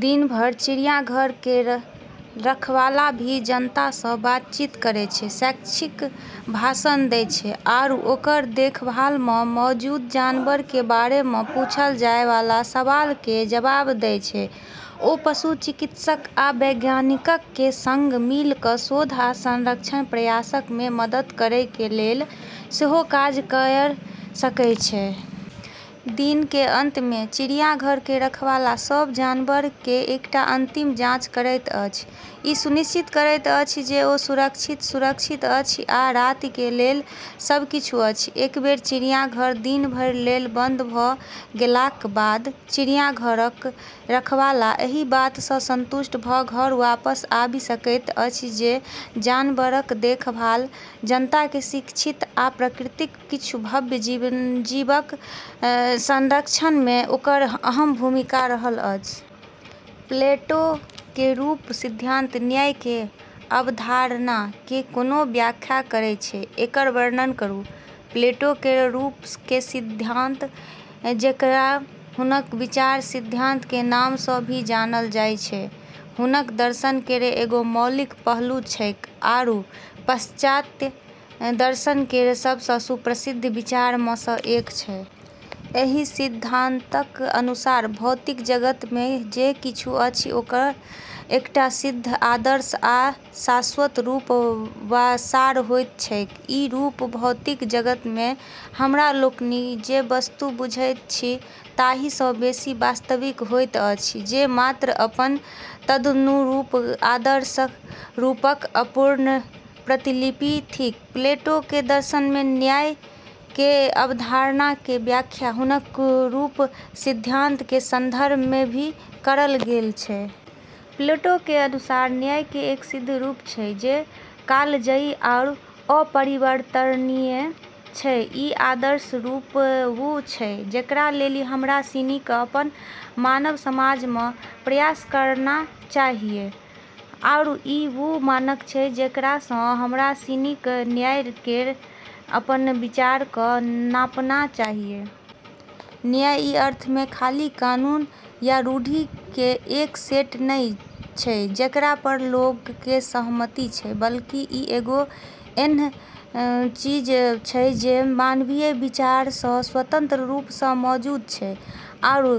दिन भर चिड़ियाघर केरऽ रखवाला भी जनता स॑ बातचीत करै छै, शैक्षिक भाषण दै छै आरू ओकरऽ देखभाल म॑ मौजूद जानवरऽ के बारे म॑ पूछलऽ जाय वाला सवालऽ के जवाब दै छै। ओ पशु चिकित्सक आ वैज्ञानिकक कें संग मिल क शोध आ संरक्षण प्रयासक मे मदद करय कें लेल सेहो काज कयर सकय छै. दिन के अंत में चिड़ियाघर के रखवाला सब जानवर के एकटा अंतिम जांच करैत अछि, ई सुनिश्चित करैत अछि जे ओ सुरक्षित, सुरक्षित अछि आ राति के लेल सब किछु अछि. एक बेर चिड़ियाघर दिन भरि लेल बंद भ गेलाक बाद चिड़ियाघरक रखवाला एहि बात सं संतुष्ट भ घर वापस आबि सकैत अछि जे जानवरक देखभाल, जनता कें शिक्षित आ प्रकृतिक किछु भव्य जीवक संरक्षण में ओकर अहम भूमिका रहल अछि. प्लेटो के रूप सिद्धांत न्याय के अवधारणा के कोना व्याख्या करै छै, एकर वर्णन करू। प्लेटो केरऽ रूपऽ के सिद्धांत, जेकरा हुनकऽ विचार सिद्धांत के नाम स॑ भी जानलऽ जाय छै, हुनकऽ दर्शन केरऽ एगो मौलिक पहलू छेकै आरू पाश्चात्य दर्शन केरऽ सबस॑ सुप्रसिद्ध विचारऽ म॑ स॑ एक छै। एहि सिद्धांतक अनुसार भौतिक जगत मे जे किछु अछि ओकर एकटा सिद्ध, आदर्श आ शाश्वत रूप वा सार होइत छैक ई रूप भौतिक जगत मे हमरा लोकनि जे वस्तु बूझैत छी ताहि सँ बेसी वास्तविक होइत अछि, जे मात्र अपन तदनुरूप आदर्श रूपक अपूर्ण प्रतिलिपि थिक प्लेटो के दर्शन में न्याय के अवधारणा के व्याख्या हुनकऽ रूप सिद्धांत के संदर्भ में भी करलऽ गेलऽ छै। प्लेटो के अनुसार न्याय के एक सिद्ध रूप छै, जे कालजयी आरू अपरिवर्तनीय छै। ई आदर्श रूप वू छै जेकरा लेली हमरा सिनी क॑ अपनऽ मानव समाज म॑ प्रयास करना चाहियऽ, आरू ई वू मानक छै जेकरा स॑ हमरा सिनी क॑ न्याय केरऽ अपनऽ विचार क॑ नापना चाहियऽ। न्याय, ई अर्थ में, खाली कानून या रूढ़ि के एक सेट नै छै जेकरा पर लोगऽ के सहमति छै, बल्कि ई एगो ऐन्हऽ चीज छै जे मानवीय विचार स॑ स्वतंत्र रूप स॑ मौजूद छै, आरू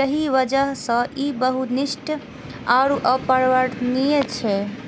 यही वजह स॑ ई वस्तुनिष्ठ आरू अपरिवर्तनीय छै।